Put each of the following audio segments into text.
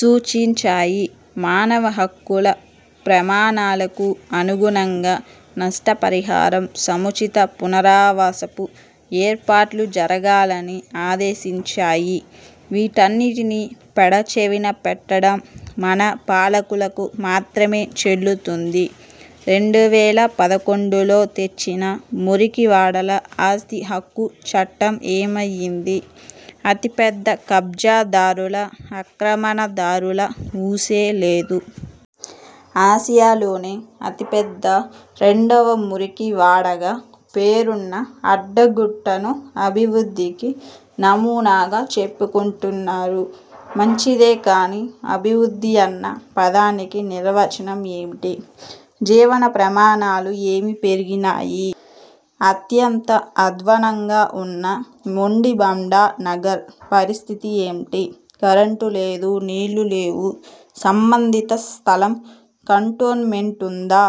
సూచించాయి. మానవ హక్కుల ప్రమాణాలకు అనుగుణంగా నష్ట పరిహారం, సముచిత పునరావాసపు ఏర్పాట్లు జరగాలని ఆదేశించాయి. వీటన్నింటినీ పెడ చెవిన పెట్టడం మన పాలకులకు మాత్రమే చెల్లుతుంది. రెండు వేల పదకొండులో తెచ్చిన మురికివాడల ఆస్తి హక్కు చట్టం ఏమయ్యింది? అతి పెద్ద కబ్జా దారుల, ఆక్రమణ దారుల ఊసే లేదు? ఆసియాలోనే అతి పెద్ద రెండవ మురికి వాడగా పేరున్న అడ్డగుట్టను అభివృద్ధికి నమూనాగా చెప్పుకుంటున్నారు. మంచిదే కానీ, అభివృద్ధి అన్న పదానికి నిర్వచనం ఏంటి? జీవన ప్రమాణాలు ఏమి పెరిగినాయి? అత్యంత అధ్వనంగా ఉన్న మొండి బండా నగర్ పరిస్థితి ఏంటి? కరెంటు లేదు, నీళ్ళు లేవు, సంబంధిత స్థలం కంటోన్మెంటుదా?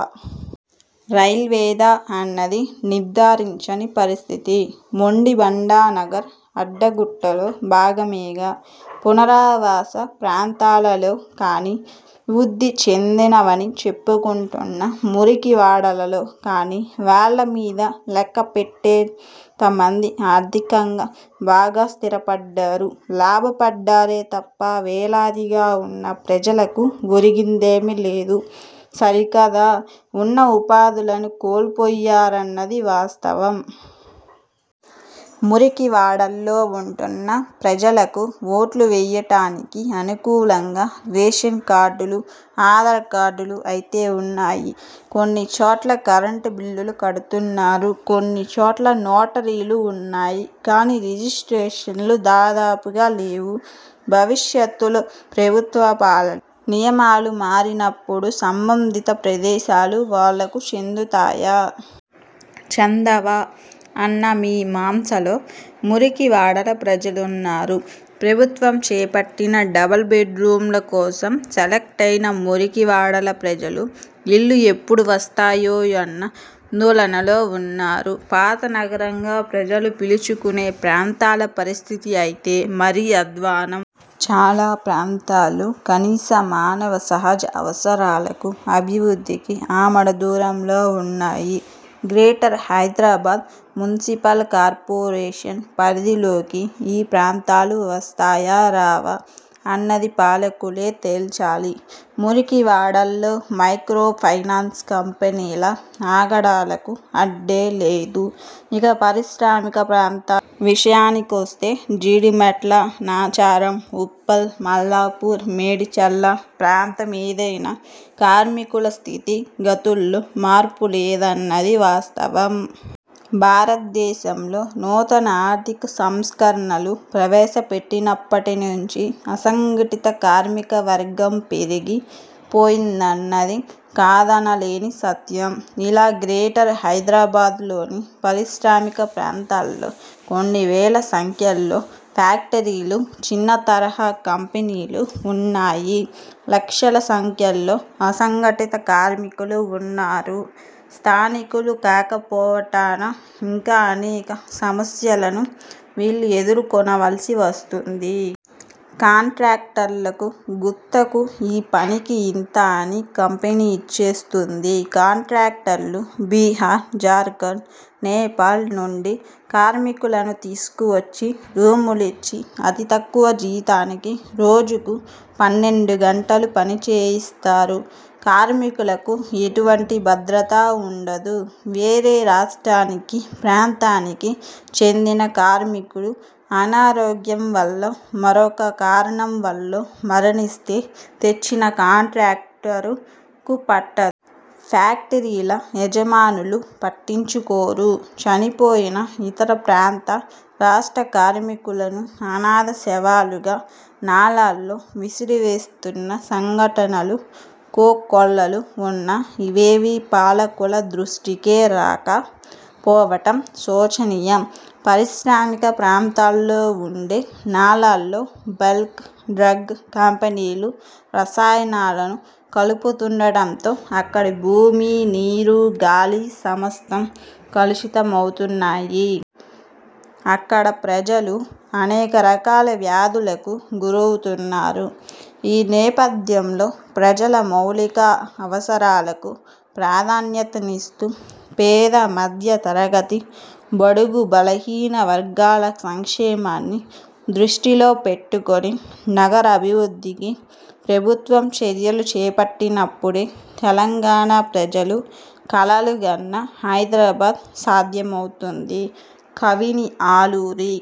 రైల్వేదా? అన్నది నిర్ధారించని పరిస్థితి. మొండి బండా నగర్ అడ్డ గుట్టలో భాగమేగా! పునరావాస ప్రాంతాలలో కానీ, అభివృద్ధి చెందినవని చెప్పుకుంటున్న మురికి వాడలలో కానీ వేళ్ళ మీద లెక్క పెట్టేటంత మంది ఆర్థికంగా బాగా స్థిర పడ్డారు, లాభపడ్డారే తప్ప వేలాదిగా ఉన్న ప్రజలకు ఒరిగిందేమీ లేదు సరి కదా ఉన్న ఉపాధులను కోల్పోయారన్నది వాస్తవం. మురికి వాడల్లో ఉంటున్న ప్రజలకు ఓట్లు వెయ్యటానికి అనుకూలంగా రేషన్ కార్డులు, ఆధార్ కార్డులు అయితే ఉన్నాయి. కొన్ని చోట్ల కరెంటు బిల్లులూ కడుతున్నారు! కొన్ని చోట్ల నోటరీలు ఉన్నాయి. కానీ రిజిస్ట్రేన్లు దాదాపుగా లేవు. భవిష్యత్లో ప్రభుత్వ పాలనా నియమాలు మారినప్పుడు సంబంధిత ప్రదేశాలు వాళ్ళకు చెందుతాయా? చెందవా? అన్న మీ మాంసలో మురికి వాడల ప్రజలు ఉన్నారు. ప్రభుత్వం చేపట్టిన డబల్ బెడ్ రూమ్ల కోసం సెలెక్ట్ అయిన మురికి వాడల ప్రజలు ఇళ్లు ఎప్పుడు వస్తాయోనన్న ఆందోళనలో ఉన్నారు. పాత నగరంగా ప్రజలు పిలుచుకునే ప్రాంతాల పరిస్థితి అయితే మరీ అధ్వానం. చాలా ప్రాంతాలు కనీస మానవ సహజ అవసరాలకు, అభివృద్ధికి ఆమడ దూరంలో ఉన్నాయి. గ్రేటర్ హైదరాబాద్ మున్సిపల్ కార్పొరేషన్ పరిధిలోకి ఈ ప్రాంతాలు వస్తాయా? రావా? అన్నది పాలకులే తేల్చాలి. మురికి వాడల్లో మైక్రో ఫైనాన్స్ కంపెనీల ఆగడాలకు అడ్డే లేదు. ఇక పారిశ్రామిక ప్రాంతాల విషయానికి వస్తే జీడిమెట్ల, నాచారం, ఉప్పల్, మల్లాపూర్, మేడిచెర్ల ప్రాంతమేదైనా కార్మికుల స్థితి గతుల్లో మార్పు లేదన్నది వాస్తవం. భారతదేశంలో నూతన ఆర్థిక సంస్కరణలు ప్రవేశ పెట్టినప్పటి నుంచీ అసంఘటిత కార్మికవర్గం పెరిగి పోయిందన్నది కాదనలేని సత్యం. ఇలా గ్రేటర్ హైదరాబాద్లోని పారిశ్రామిక ప్రాంతాల్లో కొన్ని వేల సంఖ్యలో ఫ్యాక్టరీలు, చిన్న తరహా కంపెనీలు ఉన్నాయి. లక్షల సంఖ్యలో అసంఘటిత కార్మికులు ఉన్నారు. స్థానికులు కాకపోవటాన ఇంకా అనేక సమస్యలను వీళ్ళు ఎదుర్కోనవలసి వస్తోంది. కాంట్రాక్టర్లకు గుత్తకు ఈ పనికి ఇంత అని కంపెనీ ఇచ్చేస్తుంది. కాంట్రాక్టర్లు బిహార్, జార్ఖండ్, నేపాల్ నుండి కార్మికులను తీసుకొచ్చి రూములిచ్చి అతి తక్కువ జీతానికి రోజుకు పన్నెండు గంటలు పని చేయిస్తారు. కార్మికులకు ఎటువంటి భద్రతా ఉండదు. వేరే రాష్టానికి, ప్రాంతానికి చెందిన కార్మికుడు అనారోగ్యం వల్లో, మరొక కారణం వల్లో మరణిస్తే తెచ్చిన కాంట్రాక్టరు కు పట్టదు. ఫ్యాక్టరీల యజమానులు పట్టించుకోరు. చనిపోయిన ఇతర ప్రాంత, రాష్ట్ర కార్మికులను అనాథ శవాలుగా నాలాల్లో విసిరివేస్తున్న సంఘటనలు కో కొల్లలు ఉన్నా, ఇవేవీ పాలకుల దృష్టికే రాక పోవటం శోచనీయం. పరిశ్రామిక ప్రాంతాల్లో ఉండే నాలాల్లో బల్క్ డ్రగ్ కంపెనీలు రసాయనాలను కలుపుతుండడంతో అక్కడి భూమి, నీరు, గాలి సమస్తం కలుషిత మవుతున్నాయి. అక్కడి ప్రజలు అనేక రకాల వ్యాధులకు గురవుతున్నారు. ఈ నేపథ్యంలో ప్రజల మౌలిక అవసరాలకు ప్రాధాన్యతనిస్తూ, పేద, మధ్య తరగతి, బడుగు, బలహీన వర్గాల సంక్షేమాన్ని దృష్టిలో పెట్టుకుని నగర అభివృద్ధికి ప్రభుత్వం చర్యలు చేపట్టినప్పుడే తెలంగాణ ప్రజలు కలలు గన్న హైదరాబాద్ సాధ్యమవుతుంది. కవిని ఆలూరి